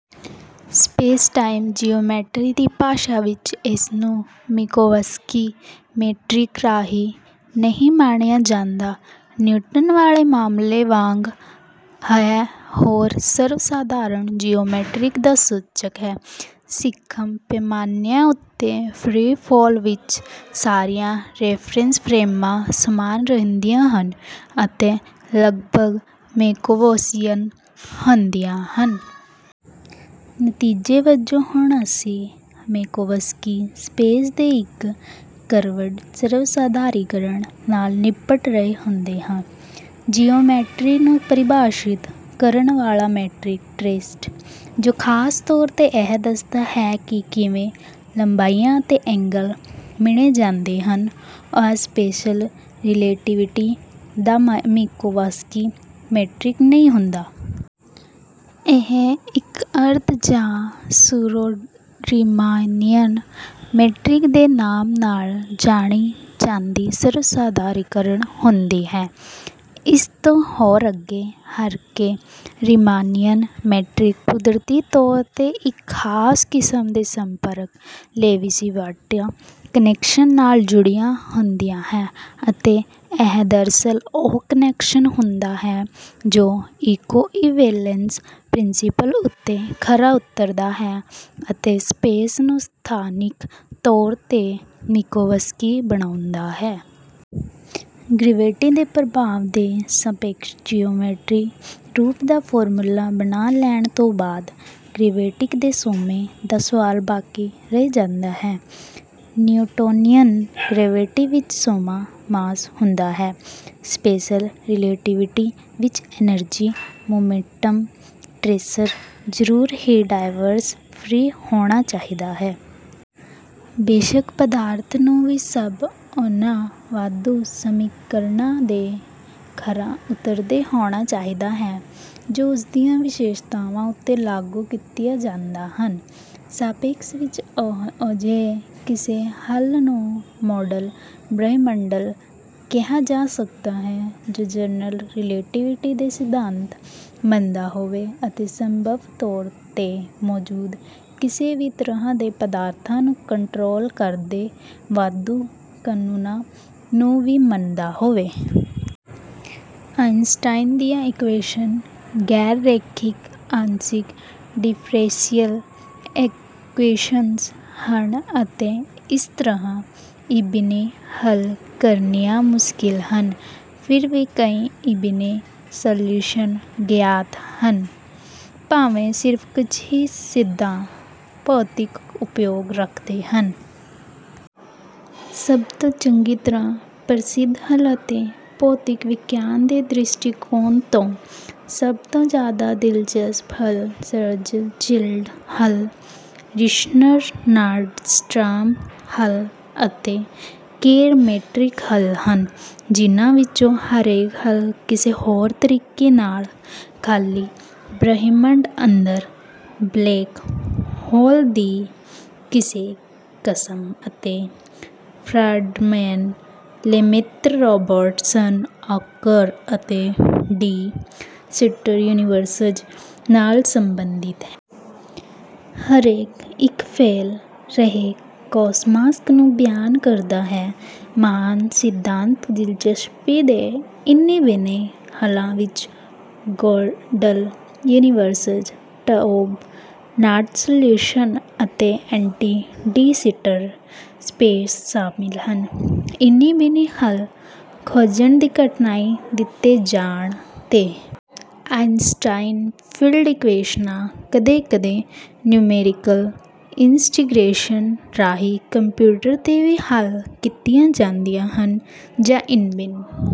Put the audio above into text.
Space-time geometry ਦੀ ਭਾਸ਼ਾ ਵਿੱਚ ਇਸਨੂੰ ਮਿੰਕੋਵਸਕੀ ਮੀਟ੍ਰਿਕ ਰਾਹੀਂ ਨਹੀਂ ਮਿਣਿਆ ਜਾਂਦਾ। ਨਿਊਟਨ ਵਾਲੇ ਮਾਮਲੇ ਵਾਂਗ ਇਹ ਹੋਰ ਸਰਵ ਸਧਾਰਨ ਜੀਓਮੈਟਰੀ ਦਾ ਸੂਚਕ ਹੈ। ਸੀਖਮ ਪੈਮਾਨਿਆਂ ਉੱਤੇ ਫਰੀ ਫਾਲ ਵਿੱਚ ਸਾਰੀਆਂ ਰੈਫਰੈਂਸ ਫਰੇਮਾਂ ਸਮਾਨ ਰਹਿੰਦੀਆਂ ਹਨ ਅਤੇ ਲਗਭਗ ਮਿੰਕੋਵਸਕਿਅਨ ਹੁੰਦੀਆਂ ਹਨ। ਨਤੀਜੇ ਵਜੋਂ ਹੁਣ ਅਸੀਂ ਮਿੰਕੋਵਸਕੀ ਸਪੇਸ ਦੇ ਇੱਕ ਕਰਵਡ ਸਰਵਸਧਾਰੀਕਰਨ ਨਾਲ ਨਿਬਟ ਰਹੇ ਹੁੰਦੇ ਹਾਂ। ਜਿਓਮੈਟਰੀ ਨੂੰ ਪਰਿਭਾਸ਼ਿਤ ਕਰਨ ਵਾਲਾ ਮੀਟ੍ਰਿਕ ਟੈਂਸਰ ਜੋ ਖਾਸ ਤੌਰ 'ਤੇ ਇਹ ਦੱਸਦਾ ਹੈ ਕਿ ਕਿਵੇਂ ਲੰਬਾਈਆਂ ਅਤੇ ਐਂਗਲ ਮਿਣੇ ਜਾਂਦੇ ਹਨ, ਉਹ ਸਪੈਸ਼ਲ ਰਿਲੈਟੀਵਿਟੀ ਦਾ ਮਿੰਕੋਵਸਕੀ ਮੀਟ੍ਰਿਕ ਨਹੀਂ ਹੁੰਦਾ। ਇਹ ਇੱਕ ਅਰਧ ਜਾਂ ਸੂਡੋਰੀਮਾਨੀਅਨ ਮੀਟ੍ਰਿਕ ਦੇ ਨਾਮ ਨਾਲ ਜਾਣੀ ਜਾਂਦੀ ਸਰਵਸਧਾਰੀਕਰਨ ਹੁੰਦੀ ਹੈ। ਇਸ ਤੋਂ ਹੋਰ ਅੱਗੇ ਹਰੇਕ ਰੀਮਾਨੀਅਨ ਮੀਟ੍ਰਿਕ ਕੁਦਰਤੀ ਤੌਰ 'ਤੇ ਇੱਕ ਖਾਸ ਕਿਸਮ ਦੇ ਸੰਪਰਕ ਲੇਵੀਸਿਵਿਟਾ ਕਨੈਕਸ਼ਨ ਨਾਲ ਜੁੜਿਆ ਹੁੰਦਾ ਹੈ ਅਤੇ ਇਹ ਦਰਅਸਲ ਉਹ ਕਨੈਕਸ਼ਨ ਹੁੰਦਾ ਹੈ ਜੋ ਇਕੁਈਵੇਲੈਂਸ ਪ੍ਰਿੰਸੀਪਲ ਉੱਤੇ ਖਰਾ ਉਤਰਦਾ ਹੈ ਅਤੇ ਸਪੇਸ ਨੂੰ ਸਥਾਨਿਕ ਤੌਰ 'ਤੇ ਮਿੰਕੋਵਸਕੀ ਬਣਾਉਂਦਾ ਹੈ। ਗਰੈਵਿਟੀ ਦੇ ਪ੍ਰਭਾਵਾਂ ਦੇ ਸਾਪੇਖਿਕ ਜੀਓਮੈਟਰੀ ਰੂਪ ਦਾ ਫਾਰਮੂਲਾ ਬਣਾ ਲੈਣ ਤੋਂ ਬਾਅਦ ਗਰੈਵਿਟੀ ਦੇ ਸੋਮੇ ਦਾ ਸਵਾਲ ਬਾਕੀ ਰਹਿ ਜਾਂਦਾ ਹੈ। ਨਿਊਟੋਨੀਅਨ ਗਰੈਵਿਟੀ ਵਿੱਚ ਸੋਮਾ ਮਾਸ ਹੁੰਦਾ ਹੈ। ਸਪੈਸ਼ਲ ਰਿਲੇਟੀਵਿਟੀ ਵਿੱਚ ਐਨਰਜੀ-ਮੋਮੈਂਟਮ ਟੈਂਸਰ ਜ਼ਰੂਰ ਹੀ ਡਾਇਵਰਜੰਸ-ਫਰੀ ਹੋਣਾ ਚਾਹੀਦਾ ਹੈ। ਬੇਸ਼ੱਕ ਪਦਾਰਥ ਨੂੰ ਵੀ ਸਭ ਉਹਨਾਂ ਵਾਧੂ ਸਮੀਕਰਨਾਂ 'ਤੇ ਖਰਾ ਉਤਰਦੇ ਹੋਣਾ ਚਾਹੀਦਾ ਹੈ ਜੋ ਉਸਦੀਆਂ ਵਿਸ਼ੇਸ਼ਤਾਵਾਂ ਉੱਤੇ ਲਾਗੂ ਕੀਤੀਆਂ ਜਾਂਦੀਆਂ ਹਨ। ਸੰਖੇਪ ਵਿੱਚ ਅਜਿਹੇ ਕਿਸੇ ਹੱਲ ਨੂੰ ਮਾਡਲ ਬ੍ਰਹਿਮੰਡ ਕਿਹਾ ਜਾ ਸਕਦਾ ਹੈ ਜੋ ਜਨਰਲ ਰਿਲੇਟੀਵਿਟੀ ਦੇ ਸਿਧਾਂਤ ਮੰਨਦਾ ਹੋਵੇ ਅਤੇ ਸੰਭਵ ਤੌਰ 'ਤੇ ਮੌਜੂਦ ਕਿਸੇ ਵੀ ਤਰ੍ਹਾਂ ਦੇ ਪਦਾਰਥ ਨੂੰ ਕੰਟਰੋਲ ਕਰਦੇ ਵਾਧੂ ਕਨੂੰਨਾਂ ਨੂੰ ਵੀ ਮੰਨਦਾ ਹੋਵੇ। ਆਈਨਸਟਾਈਨ ਦੀਆਂ ਇਕੁਏਸ਼ਨਾਂ ਗੈਰ-ਰੇਖਿਕ ਅੰਸ਼ਿਕ ਡਿੱਫਰੈਂਸ਼ੀਅਲ ਇਕੁਏਸ਼ਨਾਂ ਹਨ ਅਤੇ ਇਸ ਤਰ੍ਹਾਂ ਇੰਨਬਿੰਨ ਹੱਲ ਕਰਨੀਆਂ ਮੁਸ਼ਕਲ ਹਨ। ਫਿਰ ਵੀ ਕਈ ਇੰਨਬਿੰਨ ਸਲਿਊਸ਼ਨ ਗਿਆਤ ਹਨ ਭਾਵੇਂ ਸਿਰਫ ਕੁੱਝ ਹੀ ਸਿੱਧਾ ਭੌਤਿਕੀ ਉਪਯੋਗ ਰੱਖਦੇ ਹਨ। ਸਭ ਤੋਂ ਚੰਗੀ ਤਰ੍ਹਾਂ ਪ੍ਰਸਿੱਧ ਹੱਲ ਅਤੇ ਭੌਤਿਕ ਵਿਗਿਆਨ ਦੇ ਦ੍ਰਿਸ਼ਟੀਕੋਣ ਤੋਂ ਸਭ ਤੋਂ ਜਿਆਦਾ ਦਿਲਚਸਪ ਹੱਲ ਸ਼ਵਾਰਜ਼ਚਿਲਡ ਹੱਲ, ਰੀਸ਼ਨਰ-ਨੌਰਡਸਟਰੌਮ ਹੱਲ ਅਤੇ ਕੱਰ ਮੀਟ੍ਰਿਕ ਹੱਲ ਹਨ ਜਿਹਨਾਂ ਵਿੱਚੋਂ ਹਰੇਕ ਹੱਲ ਕਿਸੇ ਹੋਰ ਤਰੀਕੇ ਨਾਲ ਖਾਲੀ ਬ੍ਰਹਿਮੰਡ ਅੰਦਰ ਬਲੈਕ ਹੋਲ ਦੀ ਕਿਸੇ ਕਿਸਮ ਅਤੇ ਫਰੇਡਮਨ-ਲੇਮਿਟਰੇ-ਰੌਬਰਸਟਨ-ਵਾਕਰ ਅਤੇ ਡਿ ਸਿੱਟਰ ਯੂਨੀਵਰਸਜ਼ ਨਾਲ ਸਬੰਧਿਤ ਹੈ। ਹਰੇਕ ਇੱਕ ਫੈਲ ਰਹੇ ਕੌਸਮੌਸ ਨੂੰ ਬਿਆਨ ਕਰਦਾ ਹੈ। ਮਹਾਨ ਸਿਧਾਂਤਕ ਦਿਲਚਸਪੀ ਦੇ ਇੰਨਬਿੰਨ ਹੱਲਾਂ ਵਿੱਚ ਗੋਡਲ ਯੂਨੀਵਰਸ, ਟਾਓਬ-ਨੱਟ ਸਲਿਊਸ਼ਨ ਅਤੇ ਐਂਟੀ-ਡੀ-ਸਿੱਟਰੇ ਸਪੇਸ ਸ਼ਾਮਿਲ ਹਨ। ਇੰਨਬਿੰਨ ਹੱਲ ਖੋਜਣ ਦੀ ਕਠਿਨਾਈ ਦਿੱਤੇ ਜਾਣ 'ਤੇ ਆਈਨਸਟਾਈਨ ਫੀਲਡ ਇਕੁਏਸ਼ਨਾਂ ਕਦੇ-ਕਦੇ ਨਿਉਮੈਰੀਕਲ ਇੰਟੀਗਰੇਸ਼ਨ ਰਾਹੀਂ ਕੰਪਿਊਟਰ 'ਤੇ ਵੀ ਹੱਲ ਕੀਤੀਆਂ ਜਾਂਦੀਆਂ ਹਨ ਜਾਂ ਇੰਨਬਿੰਨ